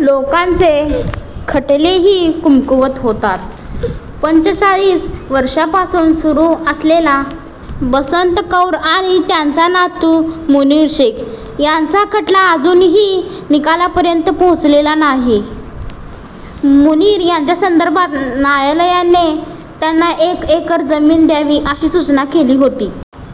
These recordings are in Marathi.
लोकांचे खटलेही कमकुवत होतात. पंचेचाळीस वर्षांपासून सुरू असलेला बसंत कौर आणि त्यांचा नातू मुनीर शेख यांचा खटला अजूनही निकालापर्यंत पोहोचलेला नाही. मुनीर यांच्यासंदर्भात न्यायालयाने त्यांना एक एकर जमीन द्यावी, अशी सूचना केली होती.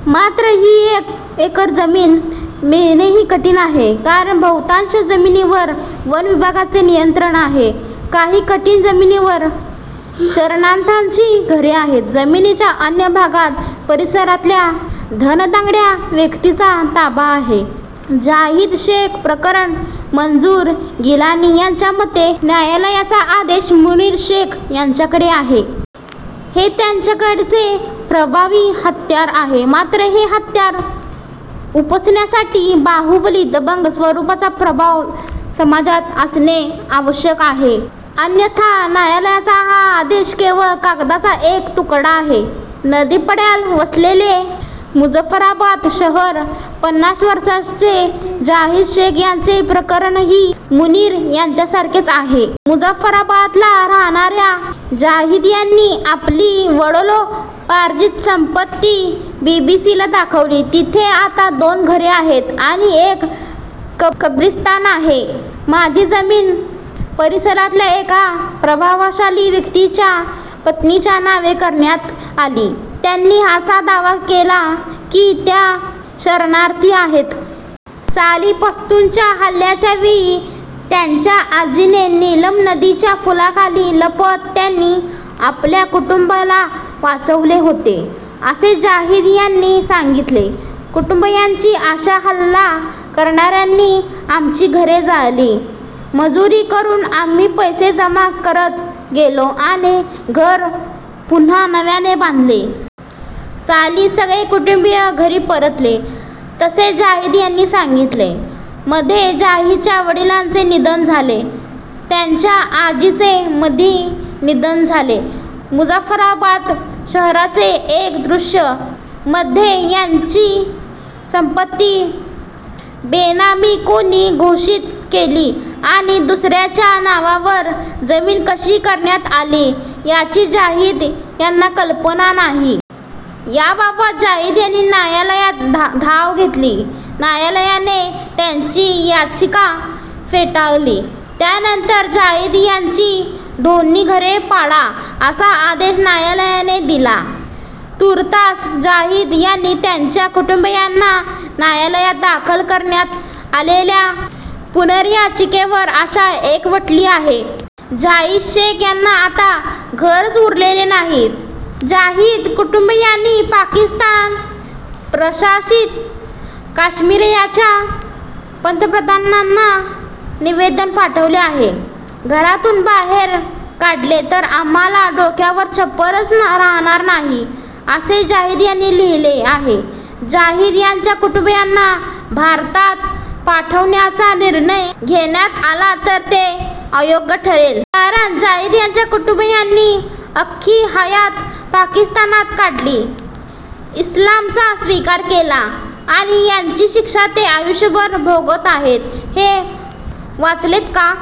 मात्र ही एक एकर जमीन मिळणेही कठीण आहे, कारण बहुतांश जमिनीवर वन विभागाचे नियंत्रण आहे. काही ठिकाणी जमिनीवर शरणार्थींची घरे आहेत. जमिनीच्या अन्य भागात परिसरातल्या धनदांडग्या व्यक्तींचा ताबा आहे. जाहिद शेख प्रकरण - मंजूर गिलानी यांच्या मते, "न्यायालयाचा आदेश मुनीर शेख यांच्याकडे आहे. हे त्यांच्याकडचे प्रभावी हत्यार आहे. मात्र हे हत्यार उपसण्यासाठी बाहुबली दबंग स्वरूपाचा प्रभाव समाजात असणे आवश्यक आहे. अन्यथा न्यायालयाचा हा आदेश केवळ कागदाचा एक तुकडा आहे." नदीपल्याड वसलेले मुझफ्फराबाद शहर - पन्नास वर्षांचे जाहिद शेख यांचे प्रकरणही मुनीर यांच्यासारखेच आहे. मुझफ्फराबादला राहणाऱ्या जाहिद यांनी आपली वडिलोपार्जित संपत्ती बीबीसीला दाखवली. तिथे आता दोन घरे आहेत आणि एक कब्रस्तान आहे. "माझी जमीन परिसरातल्या एका प्रभावशाली व्यक्तीच्या पत्नीच्या नावे करण्यात आली. त्यांनी असा दावा केला की त्या शरणार्थी आहेत. साली पश्तूंच्या हल्ल्याच्या वेळी त्यांच्या आजीने नीलम नदीच्या पुलाखाली लपत त्यांनी आपल्या कुटुंबाला वाचवले होते," असे जाहिद यांनी सांगितले. कुटुंबीयांची आशा - "हल्ला करणाऱ्यांनी आमची घरे जाळली. मजुरी करून आम्ही पैसे जमा करत गेलो आणि घर पुन्हा नव्याने बांधले. साली सगळे कुटुंबीय घरी परतले," असे जाहिद यांनी सांगितले. मध्ये जाहिदच्या वडिलांचे निधन झाले. त्यांच्या आजीचे मध्ये निधन झाले. मुझफ्फराबाद शहराचे एक दृश्य - मध्ये त्यांची संपत्ती बेनामी कोणी घोषित केली आणि दुसऱ्याच्या नावावर जमीन कशी करण्यात आली, याची जाहिद यांना कल्पना नाही. याबाबत जाहिद यांनी न्यायालयात धाव घेतली. न्यायालयाने त्यांची याचिका फेटाळली. त्यानंतर जाहिद यांची दोन्ही घरे पाडा, असा आदेश न्यायालयाने दिला. तूर्तास जाहिद आणि त्यांच्या कुटुंबीयांना न्यायालयात दाखल करण्यात आलेल्या पुनर्याचिकेवर आशा एकवटली आहे. जाहिद शेख यांना आता घरच उरलेले नाही - जाहिद कुटुंबीयांनी पाकिस्तान-प्रशासित काश्मीरच्या पंतप्रधानांना निवेदन पाठवले आहे. घरातून बाहेर काढले तर आम्हाला डोक्यावर छप्परच राहणार नाही, असे जाहिद यांनी लिहिले आहे. जाहिद यांच्या कुटुंबीयांना भारतात पाठवण्याचा निर्णय घेण्यात आला तर ते अयोग्य ठरेल. कारण जाहिद यांच्या कुटुंबीयांनी अख्खी हयात पाकिस्तानात काढली, इस्लामचा स्वीकार केला आणि याची शिक्षा ते आयुष्यभर भोगत आहेत. हे वाचलेत का?